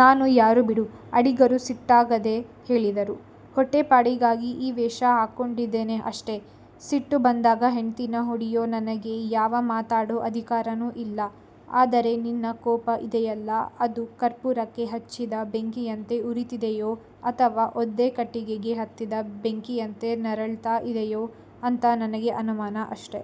ನಾನು ಯಾರು ಬಿಡು' ಅಡಿಗರು ಸಿಟ್ಟಾಗದೆ ಹೇಳಿದರು: 'ಹೊಟ್ಟೆಪಾಡಿಗಾಗಿ ಈ ವೇಷ ಹಾಕ್ಕೊಂಡಿದೇನೆ-ಅಷ್ಟೇ. ಸಿಟ್ಟು ಬಂದಾಗ ಹೆಂಡ್ತೀನ ಹೊಡೆಯೋ ನನಗೆ ಯಾವ ಮಾತಾಡೋ ಅಧಿಕಾರನೂ ಇಲ್ಲ. ಆದರೆ ನಿನ್ನ ಕೋಪ ಇದೆಯಲ್ಲ ಅದು ಕರ್ಪೂರಕ್ಕೆ ಹತ್ತಿದ ಬೆಂಕಿಯಂತೆ ಉರೀತಿದೆಯೋ, ಅಥವಾ ಒದ್ದೆ ಕಟ್ಟಿಗೆಗೆ ಹತ್ತಿದ ಬೆಂಕಿಯಂತೆ ನರಳ್ತ ಇದೆಯೋ ಅಂತ ನನಗೆ ಅನುಮಾನ-ಅಷ್ಟೆ'.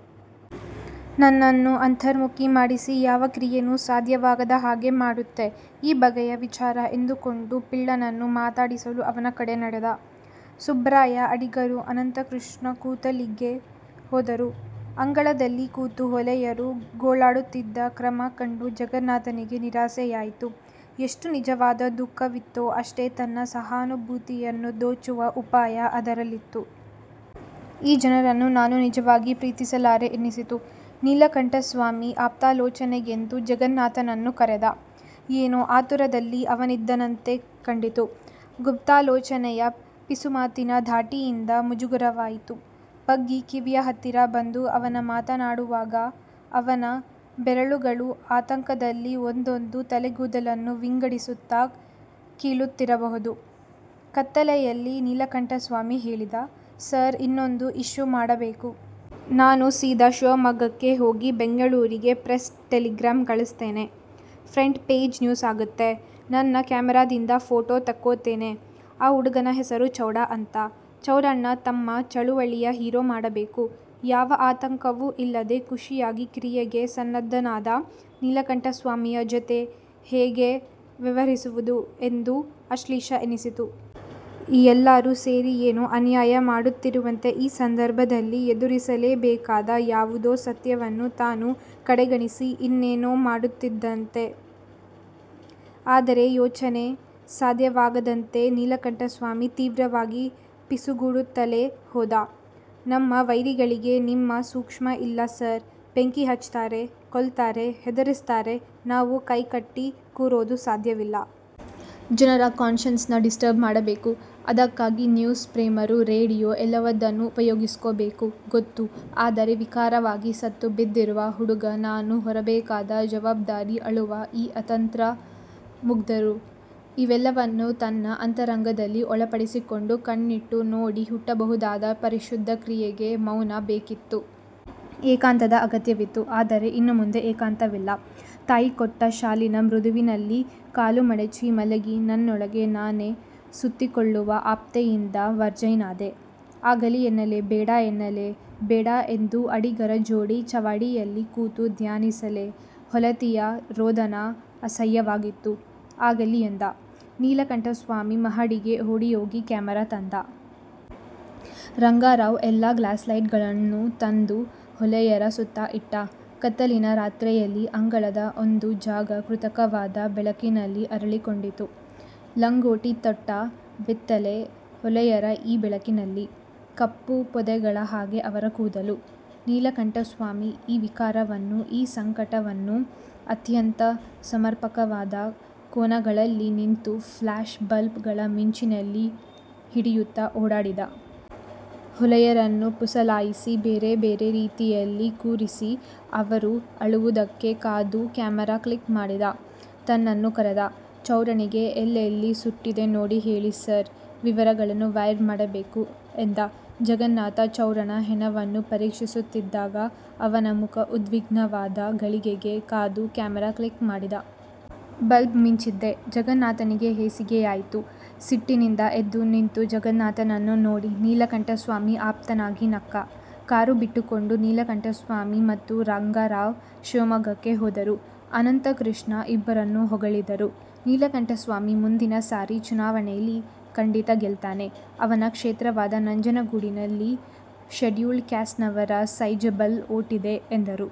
ನನ್ನನ್ನ ಅಂತರ್ಮುಖಿ ಮಾಡಿಸಿ ಯಾವ ಕ್ರಿಯೇನೂ ಸಾಧ್ಯವಾಗದ ಹಾಗೆ ಮಾಡತ್ತೆ ಈ ಬಗೆಯ ವಿಚಾರ ಎಂದುಕೊಂಡು ಪಿಳ್ಳನನ್ನು ಮಾತಾಡಿಸಲು ಅವನ ಕಡೆ ನಡೆದ. ಸುಬ್ರಾಯ ಅಡಿಗರು ಅನಂತಕೃಷ್ಣ ಕೂತಲ್ಲಿಗೆ ಹೋದರು. ಅಂಗಳದಲ್ಲಿ ಕೂತು ಹೊಲೆಯರು ಗೋಳಿಡುತ್ತಿದ್ದ ಕ್ರಮ ಕಂಡು ಜಗನ್ನಾಥನಿಗೆ ನಿರಾಸೆಯಾಯಿತು. ಎಷ್ಟು ನಿಜವಾದ ದುಃಖವಿತ್ತೊ ಅಷ್ಟೇ ತನ್ನ ಸಹಾನುಭೂತಿಯನ್ನು ದೋಚುವ ಉಪಾಯ ಅದರಲ್ಲಿತ್ತು. ಈ ಜನರನ್ನು ನಾನು ನಿಜವಾಗಿ ಪ್ರೀತಿಸಲಾರೆ-ಎನ್ನಿಸಿತು. ನೀಲಕಂಠಸ್ವಾಮಿ ಆಪ್ತಾಲೋಚನೆಗೆಂದು ಜಗನ್ನಾಥನನ್ನು ಕರೆದ. ಏನೋ ಆತುರದಲ್ಲಿ ಅವನಿದ್ದಂತೆ ಕಂಡಿತು. ಗುಪ್ತಾಲೋಚನೆಯ ಪಿಸುಮಾತಿನ ಧಾಟಿಯಿಂದ ಮುಜುಗರವಾಯಿತು. ಬಗ್ಗಿ ಕಿವಿಯ ಹತ್ತಿರ ಬಂದು ಅವನು ಮಾತಾಡುವಾಗ ಅವನ ಬೆರಳುಗಳು ಆತಂಕದಲ್ಲಿ ಒಂದೊಂದೇ ತಲೆಗೂದಲನ್ನು ವಿಂಗಡಿಸುತ್ತ ಕೀಳುತ್ತಿರಬಹುದು. ಕತ್ತಲೆಯಲ್ಲಿ ನೀಲಕಂಠಸ್ವಾಮಿ ಹೇಳಿದ: 'ಸಾರ್ ಇದನ್ನೊಂದು ಇಶ್ಯೂ ಮಾಡಬೇಕು. ನಾನು ಸೀದ ಶಿಮೊಗ್ಗಕ್ಕೆ ಹೋಗಿ ಬೆಂಗಳೂರಿಗೆ ಪ್ರೆಸ್ ಟೆಲಿಗ್ರಾಂ ಕಳಿಸ್ತೇನೆ. ಫ್ರಂಟ್ ಪೇಜ್ ನ್ಯೂಸಾಗತ್ತೆ. ನನ್ನ ಕ್ಯಾಮರಾದಿಂದ ಫೋಟೋ ತೆಕ್ಕೋತೇನೆ-ಆ ಹುಡುಗನ ಹೆಸರು ಚೌಡ ಅಂತೆ. ಚೌಡನ್ನ ನಮ್ಮ ಚಳುವಳಿಯ ಹೀರೋ ಮಾಡಬೇಕು'. ಯಾವ ಆತಂಕವೂ ಇಲ್ಲದೆ ಖುಷಿಯಾಗಿ ಕ್ರಿಯೆಗೆ ಸನ್ನದ್ಧನಾದ ನೀಲಕಂಠಸ್ವಾಮಿಯ ಜೊತೆ ಹೀಗೆ ವ್ಯವಹರಿಸುವುದು ಅಶ್ಲೀಲ ಎನ್ನಿಸಿತು. ಎಲ್ಲರೂ ಸೇರಿ ಏನೋ ಅನ್ಯಾಯ ಮಾಡುತ್ತಿರುವಂತೆ; ಈ ಸಂದರ್ಭದಲ್ಲಿ ಎದುರಿಸಲೇ ಬೇಕಾದ ಯಾವುದೋ ಸತ್ಯವನ್ನು ತಾನು ಕಡೆಗಣಿಸಿ ಇನ್ನೇನೋ ಮಾಡುತ್ತಿದ್ದಂತೆ. ಆದರೆ ಯೋಚನೆ ಸಾಧ್ಯವಾಗದಂತೆ ನೀಲಕಂಠಸ್ವಾಮಿ ತೀವ್ರವಾಗಿ ಪಿಸುಗುಡುತ್ತಲೇ ಹೋದ: 'ನಮ್ಮ ವೈರಿಗಳಿಗೆ ನಿಮ್ಮ ಸೂಕ್ಷ್ಮ ಇಲ್ಲ ಸಾರ್. ಬೆಂಕಿ ಹಚ್ತಾರೆ. ಕೊಲ್ತಾರೆ. ಹೆದರಿಸ್ತಾರೆ. ನಾವು ಕೈಕಟ್ಟಿ ಕೂರೋದು ಸಾಧ್ಯವಿಲ್ಲ. ಜನರ ಕಾನ್ಶನ್ಸ್ನ ಡಿಸ್ಟರ್ಬ್ಮಾಡ್ಬೇಕು. ಅದಕ್ಕಾಗಿ ನ್ಯೂಸ್ ಪೇಪರ್ರು, ರೇಡಿಯೋ ಎಲ್ಲವದನ್ನೂ ಉಪಯೋಗಿಸ್ಕೋಬೇಕು'. ಗೊತ್ತು. ಆದರೆ ವಿಕಾರವಾಗಿ ಸತ್ತು ಬಿದ್ದಿರುವ ಹುಡುಗ ನಾನು ಹೊರಬೇಕಾದ ಜವಾಬ್ದಾರಿ ಅಳುವ ಈ ಅತಂತ್ರ ಮುಗ್ಧರು? ಇವೆಲ್ಲವನ್ನೂ ತನ್ನ ಅಂತರಂಗದಲ್ಲಿ ಒಳಪಡಿಸಿಕೊಂಡು ಕಣ್ಣಿಟ್ಟು ನೋಡಿ ಹುಟ್ಟಬಹುದಾದ ಪರಿಶುದ್ಧ ಕ್ರಿಯೆಗೆ ಮೌನ ಬೇಕಿತ್ತು. ಏಕಾಂತದ ಅಗತ್ಯವಿತ್ತು. ಆದರೆ ಇನ್ನುಮುಂದೆ ಏಕಾಂತವಿಲ್ಲ. ತಾಯಿ ಕೊಟ್ಟ ಶಾಲಿನ ಮೃದುವಿನಲ್ಲಿ ಕಾಲುಮಡಚಿ ಮಲಗಿ ನನ್ನೊಳಗೇ ನಾನು ಸುತ್ತಿಕೊಳ್ಳುವ ಆಪ್ತತೆಯಿಂದ ವರ್ಜ್ಯನಾದೆ. ಆಗಲಿ ಎನ್ನಲೆ, ಬೇಡ ಎನ್ನಲೆ, ಬೇಡ ಎಂದು ಅಡಿಗರ ಜೋಡಿ ಚಾವಡಿಯಲ್ಲಿ ಕೂತು ಧ್ಯಾನಿಸಲೆ ಹೊಲತಿಯ ರೋದನ ಅಸಹ್ಯವಾಗಿತ್ತು. 'ಆಗಲಿ' ಎಂದ. ನೀಲಕಂಠಸ್ವಾಮಿ ಮಹಡಿಗೆ ಓಡಿಹೋಗಿ ಕ್ಯಾಮರಾ ತಂದ. ರಂಗರಾವ್ ಎಲ್ಲ ಗ್ಯಾಸ್ಲೈಟ್ಗಳನ್ನೂ ತಂದು ಹೊಲೆಯರ ಸುತ್ತ ಇಟ್ಟ. ಕತ್ತಲಿನ ರಾತ್ರೆಯಲ್ಲಿ ಅಂಗಳದ ಒಂದು ಜಾಗ ಕೃತಕವಾದ ಬೆಳಕಿನಲ್ಲಿ ಅರಳಿಕೊಂಡಿತು. ಲಂಗೋಟಿ ತೊಟ್ಟ ಬೆತ್ತಲೆ ಹೊಲೆಯರು ಈ ಬೆಳಕಿನಲ್ಲಿ. ಕಪ್ಪು ಪೊದೆಗಳ ಹಾಗೆ ಅವರ ಕೂದಲು. ನೀಲಕಂಠಸ್ವಾಮಿ ಈ ವಿಕಾರವನ್ನು, ಈ ಸಂಕಟವನ್ನು ಅತ್ಯಂತ ಸಮರ್ಪಕವಾದ ಕೋನಗಳಲ್ಲಿ ನಿಂತು ಫ್ಯ್ಲಾಶ್ ಬಲ್ಬುಗಳ ಮಿಂಚಿನಲ್ಲಿ ಹಿಡಿಯುತ್ತ ಓಡಾಡಿದ. ಹೊಲೆಯರನ್ನು ಪುಸಲಾಯಿಸಿ ಬೇರೆ ಬೇರೆ ರೀತಿಯಲ್ಲಿ ಕೂರಿಸಿ, ಅವರು ಅಳುವುದಕ್ಕೆ ಕಾದು ಕ್ಯಾಮರಾ ಕ್ಲಿಕ್ ಮಾಡಿದ. ತನ್ನನ್ನು ಕರೆದ. 'ಚೌಡನಿಗೆ ಎಲ್ಲೆಲ್ಲಿ ಸುಟ್ಟಿದೆ ನೋಡಿ ಹೇಳಿ ಸಾರ್. ವಿವರಗಳನ್ನು ವೈರ್ ಮಾಡಬೇಕು' ಎಂದ. ಜಗನ್ನಾಥ ಚೌಡನ ಹೆಣವನ್ನು ಪರೀಕ್ಷಿಸುತ್ತಿದ್ದಾಗ ಅವನ ಮುಖ ಉದ್ವಿಗ್ನವಾದ ಘಳಿಗೆಗೆ ಕಾದು ಕ್ಯಾಮರಾ ಕ್ಲಿಕ್ ಮಾಡಿದ. ಬಲ್ಬು ಮಿಂಚಿದ್ದೆ ಜಗನ್ನಾಥನಿಗೆ ಹೇಸಿಗೆಯಾಯಿತು. ಸಿಟ್ಟಿನಿಂದ ಎದ್ದು ನಿಂತ ಜಗನ್ನಾಥನನ್ನು ನೋಡಿ ನೀಲಕಂಠಸ್ವಾಮಿ ಆಪ್ತನಾಗಿ ನಕ್ಕ. ಕಾರು ಬಿಟ್ಟುಕೊಂಡು ನೀಲಕಂಠಸ್ವಾಮಿ ಮತ್ತು ರಂಗರಾವ್ ಶಿವಮೊಗ್ಗಕ್ಕೆ ಹೋದರು, ಅನಂತಕೃಷ್ಣ ಇಬ್ಬರನ್ನೂ ಹೊಗಳಿದರು: 'ನೀಲಕಂಠಸ್ವಾಮಿ ಮುಂದಿನ ಸಾರಿ ಚುನಾವಣೇಲಿ ಖಂಡಿತ ಗೆಲ್ತಾನೆ. ಅವನ ಕ್ಷೇತ್ರವಾದ ನಂಜನಗೂಡಿನಲ್ಲಿ ಷೆಡ್ಯೂಲ್ಡ್ ಕ್ಯಾಸ್ಟಿನವರ ಸೈಝಬಲ್ ಓಟಿದೆ' ಎಂದರು.